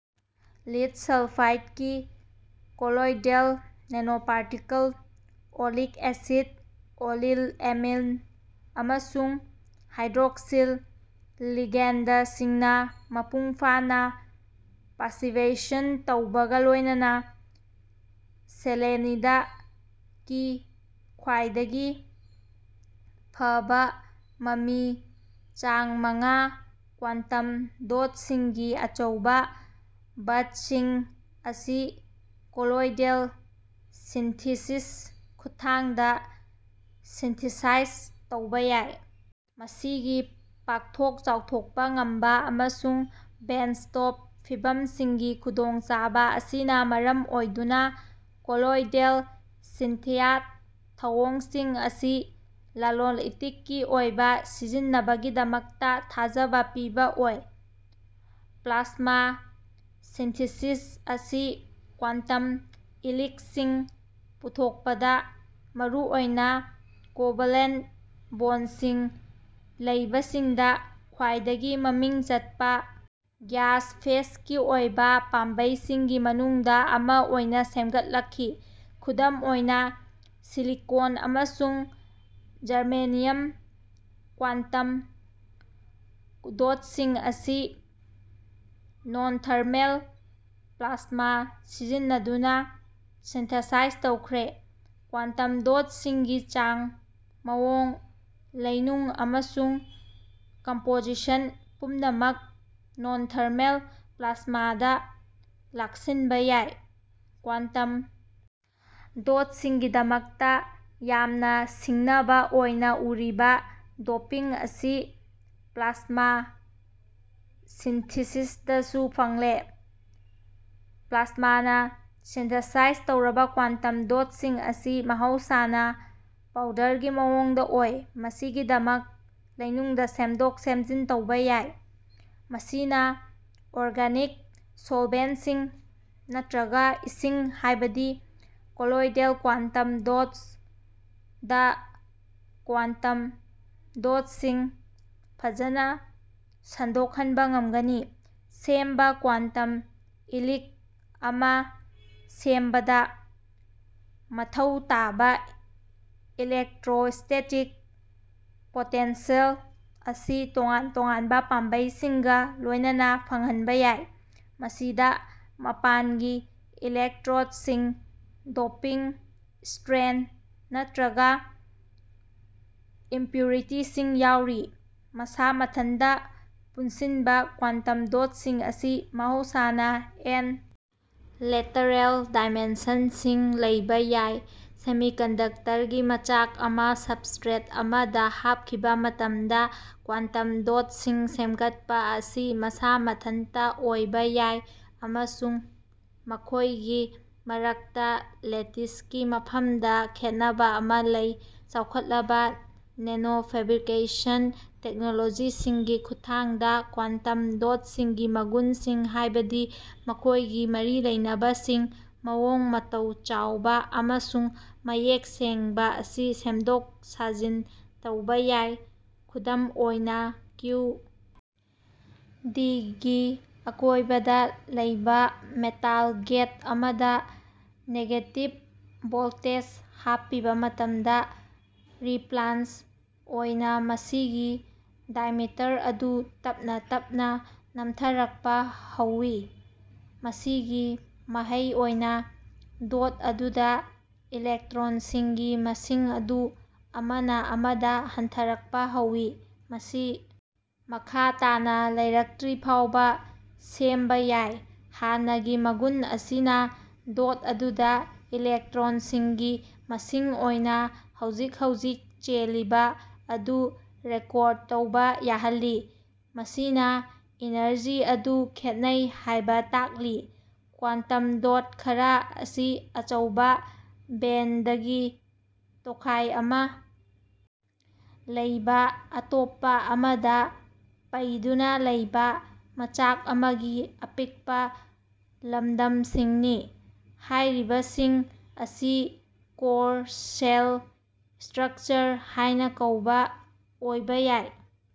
Lead ꯁꯜꯐꯥꯏꯗꯀꯤ colloidal nanoparticle (oleic acid, oleyl amine, ꯑꯃꯁꯨꯡ hydroxyl ꯂꯤꯒꯦꯟꯗꯁꯤꯡꯅ ꯃꯄꯨꯡꯐꯥꯅ ꯄꯥꯁꯤꯚꯦꯁꯟ ꯇꯧꯕꯒ ꯂꯣꯏꯅꯅ ꯁꯦꯂꯦꯅꯤꯗ ꯀꯤ ꯈ꯭ꯋꯥꯏꯗꯒꯤ ꯐꯕ ꯃꯃꯤ (ꯆꯥꯡ ꯃꯉꯥ) ꯀ꯭ꯋꯥꯟꯇꯝ ꯗꯣꯠꯁꯤꯡꯒꯤ ꯑꯆꯧꯕ ꯕꯆꯁꯤꯡ ꯑꯁꯤ ꯀꯣꯂꯣꯏꯗꯦꯜ ꯁꯤꯟꯊꯤꯁꯤꯁ ꯈꯨꯠꯊꯥꯡꯗ ꯁꯤꯟꯊꯤꯁꯥꯏꯖ ꯇꯧꯕ ꯌꯥꯏ꯫ ꯃꯁꯤꯒꯤ ꯄꯥꯛꯊꯣꯛ-ꯆꯥꯎꯊꯣꯛꯄ ꯉꯝꯕ ꯑꯃꯁꯨꯡ ꯕꯦꯟꯆꯇꯣꯞ ꯐꯤꯚꯝꯁꯤꯡꯒꯤ ꯈꯨꯗꯣꯡꯆꯥꯕ ꯑꯁꯤꯅ ꯃꯔꯝ ꯑꯣꯏꯗꯨꯅ ꯀꯣꯂꯣꯏꯗꯦꯜ ꯁꯤꯟꯊꯤꯌꯥꯠ ꯊꯧꯑꯣꯡꯁꯤꯡ ꯑꯁꯤ ꯂꯂꯣꯟ-ꯏꯇꯤꯛꯀꯤ ꯑꯣꯏꯕ ꯁꯤꯖꯤꯟꯅꯕꯒꯤꯗꯃꯛꯇ ꯊꯥꯖꯕ ꯄꯤꯕ ꯑꯣꯏ꯫ ꯄ꯭ꯂꯥꯁꯃꯥ ꯁꯤꯟꯊꯤꯁꯤꯁ ꯑꯁꯤ ꯀ꯭ꯋꯥꯟꯇꯝ ꯏꯂꯤꯛꯁꯤꯡ ꯄꯨꯊꯣꯛꯄꯗ ꯃꯔꯨꯑꯣꯏꯅ ꯀꯣꯚꯂꯦꯟ ꯕꯣꯟꯁꯤꯡ ꯂꯩꯕꯁꯤꯡꯗ ꯈ꯭ꯋꯥꯏꯗꯒꯤ ꯃꯃꯤꯡ ꯆꯠꯄ ꯒ꯭ꯌꯥꯁ-ꯐꯦꯁꯀꯤ ꯑꯣꯏꯕ ꯄꯥꯝꯕꯩꯁꯤꯡꯒꯤ ꯃꯅꯨꯡꯗ ꯑꯃ ꯑꯣꯏꯅ ꯁꯦꯝꯒꯠꯂꯛꯂꯤ꯫ ꯈꯨꯗꯝ ꯑꯣꯏꯅ ꯁꯤꯂꯤꯀꯣꯟ ꯑꯃꯁꯨꯡ ꯖꯔꯃꯦꯅꯤꯌꯝ ꯀ꯭ꯋꯥꯟꯇꯝ ꯗꯣꯠꯁꯤꯡ ꯑꯁꯤ ꯅꯣꯟꯊꯔꯃꯦꯜ ꯄ꯭ꯂꯥꯁꯃꯥ ꯁꯤꯖꯤꯟꯅꯗꯨꯅ ꯁꯤꯟꯊꯦꯁꯥꯏꯖ ꯇꯧꯈ꯭ꯔꯦ꯫ ꯀ꯭ꯋꯥꯟꯇꯝ ꯗꯣꯠꯁꯤꯡꯒꯤ ꯆꯥꯡ, ꯃꯑꯣꯡ, ꯂꯩꯅꯨꯡ ꯑꯃꯁꯨꯡ ꯀꯝꯄꯣꯖꯤꯁꯟ ꯄꯨꯝꯅꯃꯛ ꯅꯣꯟꯊꯔꯃꯦꯜ ꯄ꯭ꯂꯥꯁꯃꯥꯗ ꯂꯥꯛꯁꯤꯟꯕ ꯌꯥꯏ꯫ ꯀ꯭ꯋꯥꯟꯇꯝ ꯗꯣꯠꯁꯤꯡꯒꯤꯗꯃꯛꯇ ꯌꯥꯝꯅ ꯁꯤꯡꯅꯕ ꯑꯣꯏꯅ ꯎꯔꯤꯕ ꯗꯣꯄꯤꯡ ꯑꯁꯤ ꯄ꯭ꯂꯥꯁꯃꯥ ꯁꯤꯟꯊꯤꯁꯤꯁꯗꯁꯨ ꯐꯪꯂꯦ꯫ ꯄ꯭ꯂꯥꯁꯃꯥꯅ ꯁꯤꯟꯊꯦꯁꯥꯏꯖ ꯇꯧꯔꯕ ꯀ꯭ꯋꯥꯟꯇꯝ ꯗꯣꯠꯁꯤꯡ ꯑꯁꯤ ꯃꯍꯧꯁꯥꯅ ꯄꯧꯗꯔꯒꯤ ꯃꯑꯣꯡꯗ ꯑꯣꯏ, ꯃꯁꯤꯒꯤꯗꯃꯛ ꯂꯩꯅꯨꯡꯗ ꯁꯦꯝꯗꯣꯛ-ꯁꯦꯝꯖꯤꯟ ꯇꯧꯕ ꯌꯥꯏ꯫ ꯃꯁꯤꯅ ꯑꯣꯔꯒꯅꯤꯛ ꯁꯣꯜꯚꯦꯟꯠꯁꯤꯡ ꯅꯠꯇ꯭ꯔꯒ ꯏꯁꯤꯡ (ꯍꯥꯏꯕꯗꯤ colloidal quantum dots) the quantum ꯗꯣꯠꯁꯤꯡ ꯐꯖꯅ ꯁꯟꯗꯣꯛꯍꯟꯕ ꯉꯝꯒꯅꯤ꯫ ꯁꯦꯝꯕ ꯀ꯭ꯋꯥꯟꯇꯝ ꯏꯂꯤꯛ ꯑꯃ ꯁꯦꯝꯕꯗ ꯃꯊꯧ ꯇꯥꯕ ꯏꯂꯦꯛꯇ꯭ꯔꯣꯁ꯭ꯇꯦꯇꯤꯛ ꯄꯣꯇꯦꯟꯁꯦꯜ ꯑꯁꯤ ꯇꯣꯉꯥꯟ ꯇꯣꯉꯥꯟꯕ ꯄꯥꯝꯕꯩꯁꯤꯡꯒ ꯂꯣꯏꯅꯅ ꯐꯪꯍꯟꯕ ꯌꯥꯏ꯫ ꯃꯁꯤꯗ ꯃꯄꯥꯟꯒꯤ ꯏꯂꯦꯛꯇ꯭ꯔꯣꯗꯁꯤꯡ, ꯗꯣꯄꯤꯡ, ꯁ꯭ꯇ꯭ꯔꯦꯟ, ꯅꯠꯇ꯭ꯔꯒ ꯏꯝꯄꯨꯔꯤꯇꯤꯁꯤꯡ ꯌꯥꯎꯔꯤ꯫ ꯃꯁꯥ ꯃꯊꯟꯇ ꯄꯨꯟꯁꯤꯟꯕ ꯀ꯭ꯋꯥꯟꯇꯝ ꯗꯣꯠꯁꯤꯡ ꯑꯁꯤ ꯃꯍꯧꯁꯥꯅ ꯑꯦꯟ. ꯂꯦꯇꯔꯦꯜ ꯗꯥꯏꯃꯦꯟꯁꯟꯁꯤꯡ ꯂꯩꯕ ꯌꯥꯏ꯫ ꯁꯦꯃꯤꯀꯟꯗꯛꯇꯔꯒꯤ ꯃꯆꯥꯛ ꯑꯃ ꯁꯕꯁ꯭ꯇ꯭ꯔꯦꯠ ꯑꯃꯗ ꯍꯥꯞꯈꯤꯕ ꯃꯇꯝꯗ ꯀ꯭ꯋꯥꯟꯇꯝ ꯗꯣꯠꯁꯤꯡ ꯁꯦꯝꯒꯠꯄ ꯑꯁꯤ ꯃꯁꯥ ꯃꯊꯟꯇ ꯑꯣꯏꯕ ꯌꯥꯏ ꯑꯃꯁꯨꯡ ꯃꯈꯣꯏꯒꯤ ꯃꯔꯛꯇ ꯂꯦꯇꯤꯁꯀꯤ ꯃꯐꯝꯗ ꯈꯦꯠꯅꯕ ꯑꯃ ꯂꯩ꯫ ꯆꯥꯎꯈꯠꯂꯕ ꯅꯦꯅꯣꯐꯦꯕ꯭ꯔꯤꯀꯦꯁꯟ ꯇꯦꯛꯅꯣꯂꯣꯖꯤꯁꯤꯡꯒꯤ ꯈꯨꯠꯊꯥꯡꯗ ꯀ꯭ꯋꯥꯟꯇꯝ ꯗꯣꯠꯁꯤꯡꯒꯤ ꯃꯒꯨꯟꯁꯤꯡ ꯍꯥꯏꯕꯗꯤ ꯃꯈꯣꯏꯒꯤ ꯃꯔꯤ ꯂꯩꯅꯕꯁꯤꯡ ꯃꯑꯣꯡ-ꯃꯇꯧ ꯆꯥꯎꯕ ꯑꯃꯁꯨꯡ ꯃꯌꯦꯛ ꯁꯦꯡꯕ ꯑꯁꯤ ꯁꯦꯝꯗꯣꯛ ꯁꯥꯖꯤꯟ ꯇꯧꯕ ꯌꯥꯏ꯫ ꯈꯨꯗꯝ ꯑꯣꯏꯅ, ꯀ꯭ꯌꯨ. ꯗꯤ. ꯒꯤ ꯑꯀꯣꯏꯕꯗ ꯂꯩꯕ ꯃꯦꯇꯥꯜ ꯒꯦꯠ ꯑꯃꯗ ꯅꯦꯒꯦꯇꯤꯕ ꯚꯣꯜꯇꯦꯖ ꯍꯥꯞꯄꯤꯕ ꯃꯇꯝꯗ, ꯔꯤꯄ꯭ꯂꯥꯟꯁ ꯑꯣꯏꯅ, ꯃꯁꯤꯒꯤ ꯗꯥꯏꯃꯤꯇꯔ ꯑꯗꯨ ꯇꯞꯅ ꯇꯞꯅ ꯅꯝꯊꯔꯛꯄ ꯍꯧꯋꯤ꯫ ꯃꯁꯤꯒꯤ ꯃꯍꯩ ꯑꯣꯏꯅ ꯗꯣꯠ ꯑꯗꯨꯗ ꯏꯂꯦꯛꯇ꯭ꯔꯣꯟꯁꯤꯡꯒꯤ ꯃꯁꯤꯡ ꯑꯗꯨ ꯑꯃꯅ ꯑꯃꯗ ꯍꯟꯊꯔꯛꯄ ꯍꯧꯏ, ꯃꯁꯤ ꯃꯈꯥ ꯇꯥꯅ ꯂꯩꯔꯛꯇ꯭ꯔꯤꯐꯥꯎꯕ ꯁꯦꯝꯕ ꯌꯥꯏ꯫ ꯍꯥꯟꯅꯒꯤ ꯃꯒꯨꯟ ꯑꯁꯤꯅ ꯗꯣꯠ ꯑꯗꯨꯗ ꯏꯂꯦꯛꯇ꯭ꯔꯣꯟꯁꯤꯡꯒꯤ ꯃꯁꯤꯡ ꯑꯣꯏꯅ ꯍꯧꯖꯤꯛ-ꯍꯧꯖꯤꯛ ꯆꯦꯜꯂꯤꯕ ꯑꯗꯨ ꯔꯦꯀꯣꯔ꯭ꯗ ꯇꯧꯕ ꯌꯥꯍꯜꯂꯤ, ꯃꯁꯤꯅ ꯏꯅꯔꯖꯤ ꯑꯗꯨ ꯈꯦꯠꯅꯩ ꯍꯥꯏꯕ ꯇꯥꯛꯂꯤ꯫ ꯀ꯭ꯋꯥꯟꯇꯝ ꯗꯣꯠ ꯈꯔ ꯑꯁꯤ ꯑꯆꯧꯕ ꯕꯦꯟꯗꯒꯤ ꯇꯣꯈꯥꯏ ꯑꯃ ꯂꯩꯕ ꯑꯇꯣꯞꯄ ꯑꯃꯗ ꯄꯩꯗꯨꯅ ꯂꯩꯕ ꯃꯆꯥꯛ ꯑꯃꯒꯤ ꯑꯄꯤꯛꯄ ꯂꯝꯗꯝꯁꯤꯡꯅꯤ꯫ ꯍꯥꯏꯔꯤꯕꯁꯤꯡ ꯑꯁꯤ ꯀꯣꯔ-ꯁꯦꯜ ꯁ꯭ꯇ꯭ꯔꯛꯆꯔ ꯍꯥꯏꯅ ꯀꯧꯕ ꯑꯣꯏꯕ ꯌꯥꯏ꯫